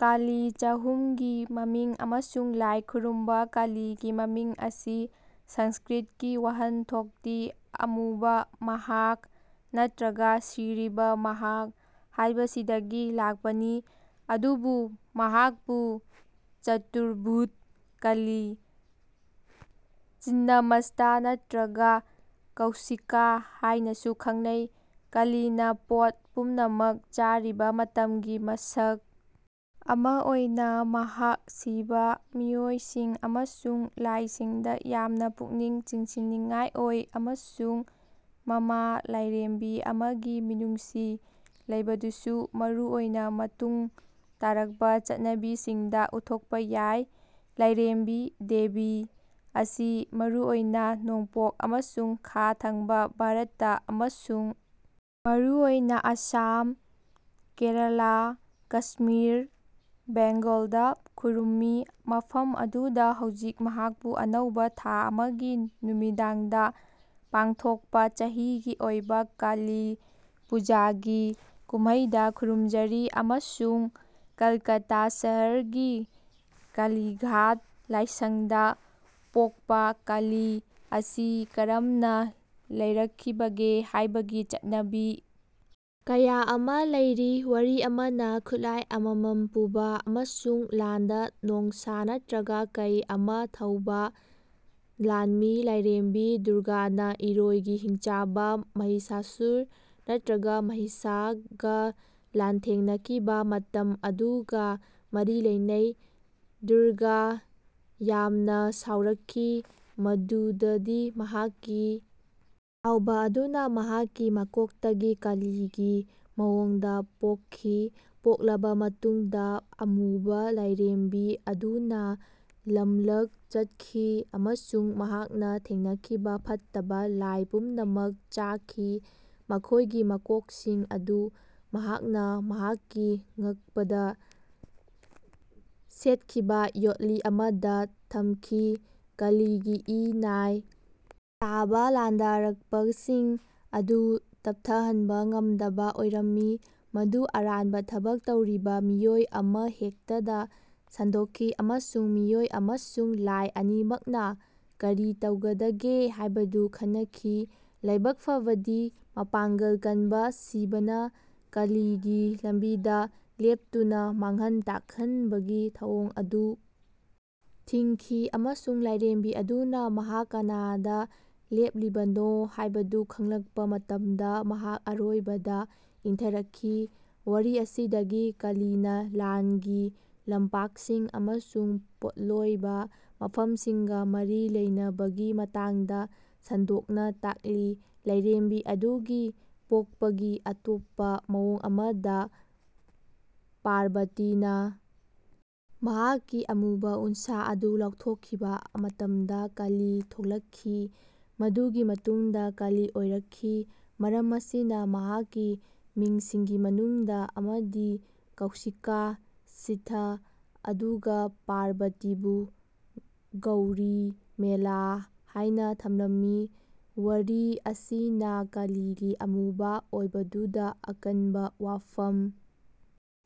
ꯀꯥꯂꯤ ꯆꯍꯨꯝꯒꯤ ꯃꯃꯤꯡ ꯑꯃꯁꯨꯡ ꯂꯥꯏ ꯈꯨꯔꯨꯝꯕ ꯀꯥꯂꯤꯒꯤ ꯃꯃꯤꯡ ꯑꯁꯤ ꯁꯪꯁꯀ꯭ꯔꯤꯠꯀꯤ ꯋꯥꯍꯟꯊꯣꯛꯇꯤ ꯑꯃꯨꯕ ꯃꯍꯥꯛ' ꯅꯠꯇ꯭ꯔꯒ ꯁꯤꯔꯤꯕ ꯃꯍꯥꯛ' ꯍꯥꯏꯕꯁꯤꯗꯒꯤ ꯂꯥꯛꯄꯅꯤ, ꯑꯗꯨꯕꯨ ꯃꯍꯥꯛꯄꯨ ꯆꯇꯨꯔꯚꯨꯖ ꯀꯥꯂꯤ, ꯆꯤꯟꯅꯃꯁꯇꯥ ꯅꯠꯇ꯭ꯔꯒ ꯀꯧꯁꯤꯀꯥ ꯍꯥꯏꯅꯁꯨ ꯈꯪꯅꯩ꯫ ꯀꯥꯂꯤꯅ ꯄꯣꯠ ꯄꯨꯝꯅꯃꯛ ꯆꯥꯔꯤꯕ ꯃꯇꯝꯒꯤ ꯃꯁꯛ ꯑꯃ ꯑꯣꯏꯅ ꯃꯍꯥꯛ ꯁꯤꯕ ꯃꯤꯑꯣꯏꯁꯤꯡ ꯑꯃꯁꯨꯡ ꯂꯥꯏꯁꯤꯡꯗ ꯌꯥꯝꯅ ꯄꯨꯛꯅꯤꯡ ꯆꯤꯡꯁꯤꯟꯅꯤꯡꯉꯥꯏ ꯑꯣꯏ ꯑꯃꯁꯨꯡ ꯃꯃꯥ ꯂꯥꯏꯔꯦꯝꯕꯤ ꯑꯃꯒꯤ ꯃꯤꯅꯨꯡꯁꯤ ꯂꯩꯕꯗꯨꯁꯨ (ꯃꯔꯨꯑꯣꯏꯅ ꯃꯇꯨꯡ ꯇꯥꯔꯛꯄ ꯆꯠꯅꯕꯤꯁꯤꯡꯗ) ꯎꯠꯊꯣꯛꯄ ꯌꯥꯏ꯫ ꯂꯥꯏꯔꯦꯝꯕꯤ (ꯗꯦꯕꯤ) ꯑꯁꯤ ꯃꯔꯨꯑꯣꯏꯅ ꯅꯣꯡꯄꯣꯛ ꯑꯃꯁꯨꯡ ꯈꯥ ꯊꯪꯕ ꯚꯥꯔꯠꯇ ꯑꯃꯁꯨꯡ ꯃꯔꯨꯑꯣꯏꯅ ꯑꯁꯥꯝ, ꯀꯦꯔꯂꯥ, ꯀꯁꯃꯤꯔ, ꯕꯦꯡꯒꯣꯜꯗ ꯈꯨꯔꯨꯝꯃꯤ ꯃꯐꯝ ꯑꯗꯨꯗ ꯍꯧꯖꯤꯛ ꯃꯍꯥꯛꯄꯨ ꯑꯅꯧꯕ ꯊꯥ ꯑꯃꯒꯤ ꯅꯨꯃꯤꯗꯥꯡꯗ ꯄꯥꯡꯊꯣꯛꯄ ꯆꯍꯤꯒꯤ ꯑꯣꯏꯕ ꯀꯥꯂꯤ ꯄꯨꯖꯥꯒꯤ ꯀꯨꯝꯍꯩꯗ ꯈꯨꯔꯨꯝꯖꯔꯤ ꯑꯃꯁꯨꯡ ꯀꯜꯀꯥꯇꯥ ꯁꯍꯔꯒꯤ ꯀꯥꯂꯤꯘꯥꯠ ꯂꯥꯏꯁꯪꯗ ꯄꯣꯛꯄ ꯀꯥꯂꯤ ꯑꯁꯤ ꯀꯔꯝꯅ ꯂꯩꯔꯛꯈꯤꯕꯒꯦ ꯍꯥꯏꯕꯒꯤ ꯆꯠꯅꯕꯤ ꯀꯌꯥ ꯑꯃ ꯂꯩꯔꯤ꯫ ꯋꯥꯔꯤ ꯑꯃꯅ ꯈꯨꯠꯂꯥꯏ ꯑꯃꯃꯝ ꯄꯨꯕ ꯑꯃꯁꯨꯡ ꯂꯥꯟꯗ ꯅꯣꯡꯁꯥ ꯅꯠꯇ꯭ꯔꯒ ꯀꯩ ꯑꯃ ꯊꯧꯕ ꯂꯥꯟꯃꯤ ꯂꯥꯏꯔꯦꯝꯕꯤ ꯗꯨꯔꯒꯥꯅ ꯏꯔꯣꯏꯒꯤ ꯍꯤꯡꯆꯥꯕ ꯃꯍꯤꯁꯥꯁꯨꯔ (ꯅꯠꯇ꯭ꯔꯒ ꯃꯍꯤꯁꯥ)ꯒ ꯂꯥꯟꯊꯦꯡꯅꯈꯤꯕ ꯃꯇꯝ ꯑꯗꯨꯒ ꯃꯔꯤ ꯂꯩꯅꯩ꯫ ꯗꯨꯔꯒꯥ ꯌꯥꯝꯅ ꯁꯥꯎꯔꯛꯈꯤ ꯃꯗꯨꯗꯗꯤ ꯃꯍꯥꯛꯀꯤ ꯁꯥꯎꯕ ꯑꯗꯨꯅ ꯃꯍꯥꯛꯀꯤ ꯃꯀꯣꯛꯇꯒꯤ ꯀꯥꯂꯤꯒꯤ ꯃꯑꯣꯡꯗ ꯄꯣꯛꯈꯤ꯫ ꯄꯣꯛꯂꯕ ꯃꯇꯨꯡꯗ ꯑꯃꯨꯕ ꯂꯥꯏꯔꯦꯝꯕꯤ ꯑꯗꯨꯅ ꯂꯝꯂꯛ ꯆꯠꯈꯤ ꯑꯃꯁꯨꯡ ꯃꯍꯥꯛꯅ ꯊꯦꯡꯅꯈꯤꯕ ꯐꯠꯇꯕ ꯂꯥꯏ ꯄꯨꯝꯅꯃꯛ ꯆꯥꯈꯤ, ꯃꯈꯣꯏꯒꯤ ꯃꯀꯣꯛꯁꯤꯡ ꯑꯗꯨ ꯃꯍꯥꯛꯅ ꯃꯍꯥꯛꯀꯤ ꯉꯛꯄꯗ ꯁꯦꯠꯈꯤꯕ ꯌꯣꯠꯂꯤ ꯑꯃꯗ ꯊꯝꯈꯤ꯫ ꯀꯥꯂꯤꯒꯤ ꯏ-ꯅꯥꯏ ꯇꯥꯕ ꯂꯥꯟꯗꯥꯔꯛꯄꯁꯤꯡ ꯑꯗꯨ ꯇꯞꯊꯍꯟꯕ ꯉꯝꯗꯕ ꯑꯣꯏꯔꯝꯃꯤ, ꯃꯗꯨ ꯑꯔꯥꯟꯕ ꯊꯕꯛ ꯇꯧꯔꯤꯕ ꯃꯤꯑꯣꯏ ꯑꯃꯍꯦꯛꯇꯗ ꯁꯟꯗꯣꯛꯈꯤ, ꯑꯃꯁꯨꯡ ꯃꯤꯑꯣꯏ ꯑꯃꯁꯨꯡ ꯂꯥꯏ ꯑꯅꯤꯃꯛꯅ ꯀꯔꯤ ꯇꯧꯒꯗꯒꯦ ꯍꯥꯏꯕꯗꯨ ꯈꯟꯅꯈꯤ꯫ ꯂꯥꯏꯕꯛ ꯐꯕꯗꯤ, ꯃꯄꯥꯡꯒꯜ ꯀꯟꯕ ꯁꯤꯕꯅ ꯀꯥꯂꯤꯒꯤ ꯂꯝꯕꯤꯗ ꯂꯦꯞꯇꯨꯅ ꯃꯥꯡꯍꯟ-ꯇꯥꯛꯍꯟꯕꯒꯤ ꯊꯧꯗꯣꯛ ꯑꯗꯨ ꯊꯤꯡꯈꯤ, ꯑꯃꯁꯨꯡ ꯂꯥꯏꯔꯦꯝꯕꯤ ꯑꯗꯨꯅ ꯃꯍꯥꯛ ꯀꯅꯥꯗ ꯂꯦꯞꯂꯤꯕꯅꯣ ꯍꯥꯏꯕꯗꯨ ꯈꯪꯂꯛꯄ ꯃꯇꯝꯗ ꯃꯍꯥꯛ ꯑꯔꯣꯏꯕꯗ ꯏꯪꯊꯔꯛꯈꯤ꯫ ꯋꯥꯔꯤ ꯑꯁꯤꯗꯒꯤ ꯀꯥꯂꯤꯅ ꯂꯥꯟꯒꯤ ꯂꯝꯄꯥꯛꯁꯤꯡ ꯑꯃꯁꯨꯡ ꯄꯣꯠꯂꯣꯏꯕ ꯃꯐꯝꯁꯤꯡꯒ ꯃꯔꯤ ꯂꯩꯅꯕꯒꯤ ꯃꯇꯥꯡꯗ ꯁꯟꯗꯣꯛꯅ ꯇꯥꯛꯂꯤ꯫ ꯂꯥꯏꯔꯦꯝꯕꯤ ꯑꯗꯨꯒꯤ ꯄꯣꯛꯄꯒꯤ ꯑꯇꯣꯞꯄ ꯃꯑꯣꯡ ꯑꯃꯗ, ꯄꯥꯔꯕꯇꯤꯅ ꯃꯍꯥꯛꯀꯤ ꯑꯃꯨꯕ ꯎꯟꯁꯥ ꯑꯗꯨ ꯂꯧꯊꯣꯛꯈꯤꯕ ꯃꯇꯝꯗ ꯀꯥꯂꯤ ꯊꯣꯛꯂꯛꯈꯤ꯫ ꯃꯗꯨꯒꯤ ꯃꯇꯨꯡꯗ ꯀꯥꯂꯤ ꯑꯣꯏꯔꯛꯈꯤ, ꯃꯔꯝ ꯑꯁꯤꯅ ꯃꯍꯥꯛꯀꯤ ꯃꯤꯡꯁꯤꯡꯒꯤ ꯃꯅꯨꯡꯗ ꯑꯃꯗꯤ ꯀꯧꯁꯤꯀꯥ (ꯁꯤꯊ), ꯑꯗꯨꯒ ꯄꯥꯔꯕꯇꯤꯕꯨ ꯒꯧꯔꯤ (ꯃꯦꯂꯥ) ꯍꯥꯏꯅ ꯊꯝꯂꯝꯃꯤ꯫ ꯋꯥꯔꯤ ꯑꯁꯤꯅ ꯀꯥꯂꯤꯒꯤ ꯑꯃꯨꯕ ꯑꯣꯏꯕꯗꯨꯗ ꯑꯀꯟꯕ ꯋꯥꯐꯝ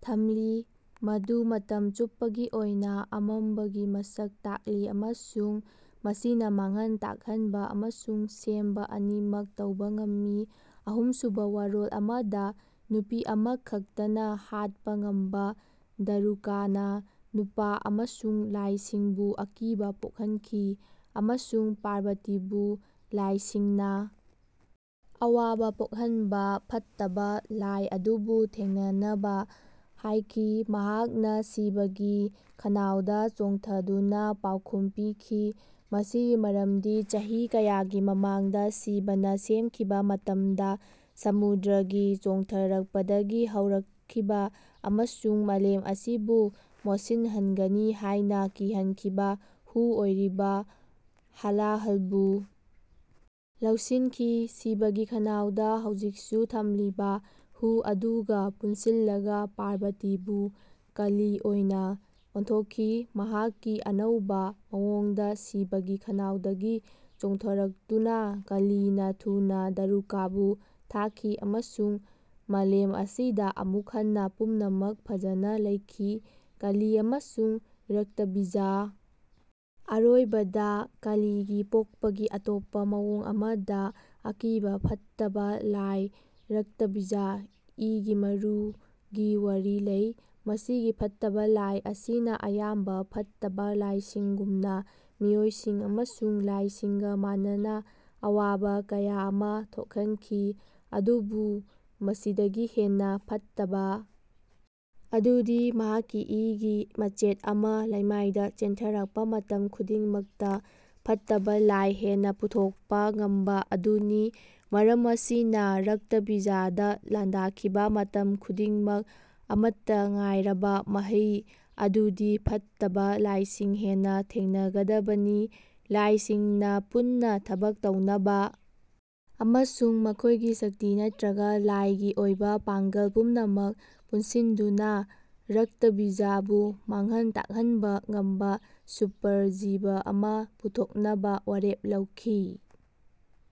ꯊꯝꯂꯤ ꯃꯗꯨ ꯃꯇꯝ ꯆꯨꯞꯄꯒꯤ ꯑꯣꯏꯅ ꯑꯃꯝꯕꯒꯤ ꯃꯁꯛ ꯇꯥꯛꯂꯤ ꯑꯃꯁꯨꯡ ꯃꯁꯤꯅ ꯃꯥꯡꯍꯟ ꯇꯥꯛꯍꯟꯕ ꯑꯃꯁꯨꯡ ꯁꯦꯝꯕ ꯑꯅꯤꯃꯛ ꯇꯧꯕ ꯉꯝꯃꯤ꯫ ꯑꯍꯨꯝꯁꯨꯕ ꯋꯥꯔꯣꯜ ꯑꯃꯗ, ꯅꯨꯄꯤ ꯑꯃꯈꯛꯇꯅ ꯍꯥꯠꯄ ꯉꯝꯕ ꯗꯥꯔꯨꯀꯥꯅ ꯅꯨꯄꯥ ꯑꯃꯁꯨꯡ ꯂꯥꯏꯁꯤꯡꯕꯨ ꯑꯀꯤꯕ ꯄꯣꯛꯍꯟꯈꯤ, ꯑꯃꯁꯨꯡ ꯄꯥꯔꯕꯇꯤꯕꯨ ꯂꯥꯏꯁꯤꯡꯅ ꯑꯋꯥꯕ ꯄꯣꯛꯍꯟꯕ ꯐꯠꯇꯕ ꯂꯥꯏ ꯑꯗꯨꯕꯨ ꯊꯦꯡꯅꯅꯕ ꯍꯥꯏꯈꯤ꯫ ꯃꯍꯥꯛꯅ ꯁꯤꯕꯒꯤ ꯈꯅꯥꯎꯗ ꯆꯣꯡꯊꯗꯨꯅ ꯄꯥꯎꯈꯨꯝ ꯄꯤꯈꯤ꯫ ꯃꯁꯤꯒꯤ ꯃꯔꯝꯗꯤ ꯆꯍꯤ ꯀꯌꯥꯒꯤ ꯃꯃꯥꯡꯗ ꯁꯤꯕꯅ ꯁꯦꯝꯈꯤꯕ ꯃꯇꯝꯗ ꯁꯃꯨꯗ꯭ꯔꯒꯤ ꯆꯣꯡꯊꯔꯛꯄꯗꯒꯤ ꯍꯧꯔꯛꯈꯤꯕ ꯑꯃꯁꯨꯡ ꯃꯥꯂꯦꯝ ꯑꯁꯤꯕꯨ ꯃꯣꯠꯁꯤꯟꯍꯟꯒꯅꯤ ꯍꯥꯏꯅ ꯀꯤꯍꯟꯈꯤꯕ ꯍꯨ ꯑꯣꯏꯔꯤꯕ ꯍꯂꯥꯍꯜꯕꯨ ꯂꯧꯁꯤꯟꯈꯤ꯫ ꯁꯤꯕꯒꯤ ꯈꯅꯥꯎꯗ ꯍꯧꯖꯤꯛꯁꯨ ꯊꯝꯂꯤꯕ ꯍꯨ ꯑꯗꯨꯒ ꯄꯨꯟꯁꯤꯜꯂꯒ ꯄꯥꯔꯕꯇꯤꯕꯨ ꯀꯥꯂꯤ ꯑꯣꯏꯅ ꯑꯣꯟꯊꯣꯛꯈꯤ꯫ ꯃꯍꯥꯛꯀꯤ ꯑꯅꯧꯕ ꯃꯑꯣꯡꯗ ꯁꯤꯕꯒꯤ ꯈꯅꯥꯎꯗꯒꯤ ꯆꯣꯡꯊꯔꯛꯇꯨꯅ, ꯀꯥꯂꯤꯅ ꯊꯨꯅ ꯗꯥꯔꯨꯀꯥꯕꯨ ꯊꯥꯈꯤ ꯑꯃꯁꯨꯡ ꯃꯥꯂꯦꯝ ꯑꯁꯤꯗ ꯑꯃꯨꯛ ꯍꯟꯅ ꯄꯨꯝꯅꯃꯛ ꯐꯖꯅ ꯂꯩꯈꯤ꯫ ꯀꯥꯂꯤ ꯑꯃꯁꯨꯡ ꯔꯛꯇꯥꯕꯤꯖꯥ ꯑꯔꯣꯏꯕꯗ, ꯀꯥꯂꯤꯒꯤ ꯄꯣꯛꯄꯒꯤ ꯑꯇꯣꯞꯄ ꯃꯑꯣꯡ ꯑꯃꯗ, ꯑꯀꯤꯕ ꯐꯠꯇꯕ ꯂꯥꯏ ꯔꯛꯇꯥꯕꯤꯖ (ꯏꯒꯤ ꯃꯔꯨ)ꯒꯤ ꯋꯥꯔꯤ ꯂꯩ꯫ ꯃꯁꯤꯒꯤ ꯐꯠꯇꯕ ꯂꯥꯏ ꯑꯁꯤꯅ ꯑꯌꯥꯝꯕ ꯐꯠꯇꯕ ꯂꯥꯏꯁꯤꯡꯒꯨꯝꯅ ꯃꯤꯑꯣꯏꯁꯤꯡ ꯑꯃꯁꯨꯡ ꯂꯥꯏꯁꯤꯡꯒ ꯃꯥꯟꯅꯅ ꯑꯋꯥꯕ ꯀꯌꯥ ꯑꯃ ꯊꯣꯛꯍꯟꯈꯤ ꯑꯗꯨꯕꯨ ꯃꯁꯤꯗꯒꯤ ꯍꯦꯟꯅ ꯐꯠꯇꯕ ꯑꯗꯨꯗꯤ ꯃꯍꯥꯛꯀꯤ ꯏꯒꯤ ꯃꯆꯦꯠ ꯑꯃ ꯂꯩꯃꯥꯏꯗ ꯆꯦꯟꯊꯔꯛꯄ ꯃꯇꯝ ꯈꯨꯗꯤꯡꯃꯛꯇ ꯐꯠꯇꯕ ꯂꯥꯏ ꯍꯦꯟꯅ ꯄꯨꯊꯣꯛꯄ ꯉꯝꯕ ꯑꯗꯨꯅꯤ꯫ ꯃꯔꯝ ꯑꯁꯤꯅ ꯔꯛꯇꯥꯕꯤꯖꯥꯗ ꯂꯥꯟꯗꯥꯈꯤꯕ ꯃꯇꯝ ꯈꯨꯗꯤꯡꯃꯛ ꯑꯃꯠꯇ ꯉꯥꯏꯔꯕ ꯃꯍꯩ ꯑꯗꯨꯗꯤ ꯐꯠꯇꯕ ꯂꯥꯏꯁꯤꯡ ꯍꯦꯟꯅ ꯊꯦꯡꯅꯒꯗꯕꯅꯤ꯫ ꯂꯥꯏꯁꯤꯡꯅ ꯄꯨꯟꯅ ꯊꯕꯛ ꯇꯧꯅꯕ ꯑꯃꯁꯨꯡ ꯃꯈꯣꯏꯒꯤ ꯁꯛꯇꯤ ꯅꯠꯇ꯭ꯔꯒ ꯂꯥꯏꯒꯤ ꯑꯣꯏꯕ ꯄꯥꯡꯒꯜ ꯄꯨꯝꯅꯃꯛ ꯄꯨꯟꯁꯤꯟꯗꯨꯅ ꯔꯛꯇꯥꯕꯤꯖꯕꯨ ꯃꯥꯡꯍꯟ ꯇꯥꯛꯍꯟꯕ ꯉꯝꯕ ꯁꯨꯄꯔ ꯖꯤꯕ ꯑꯃ ꯄꯨꯊꯣꯛꯅꯕ ꯋꯥꯔꯦꯞ ꯂꯧꯈꯤ꯫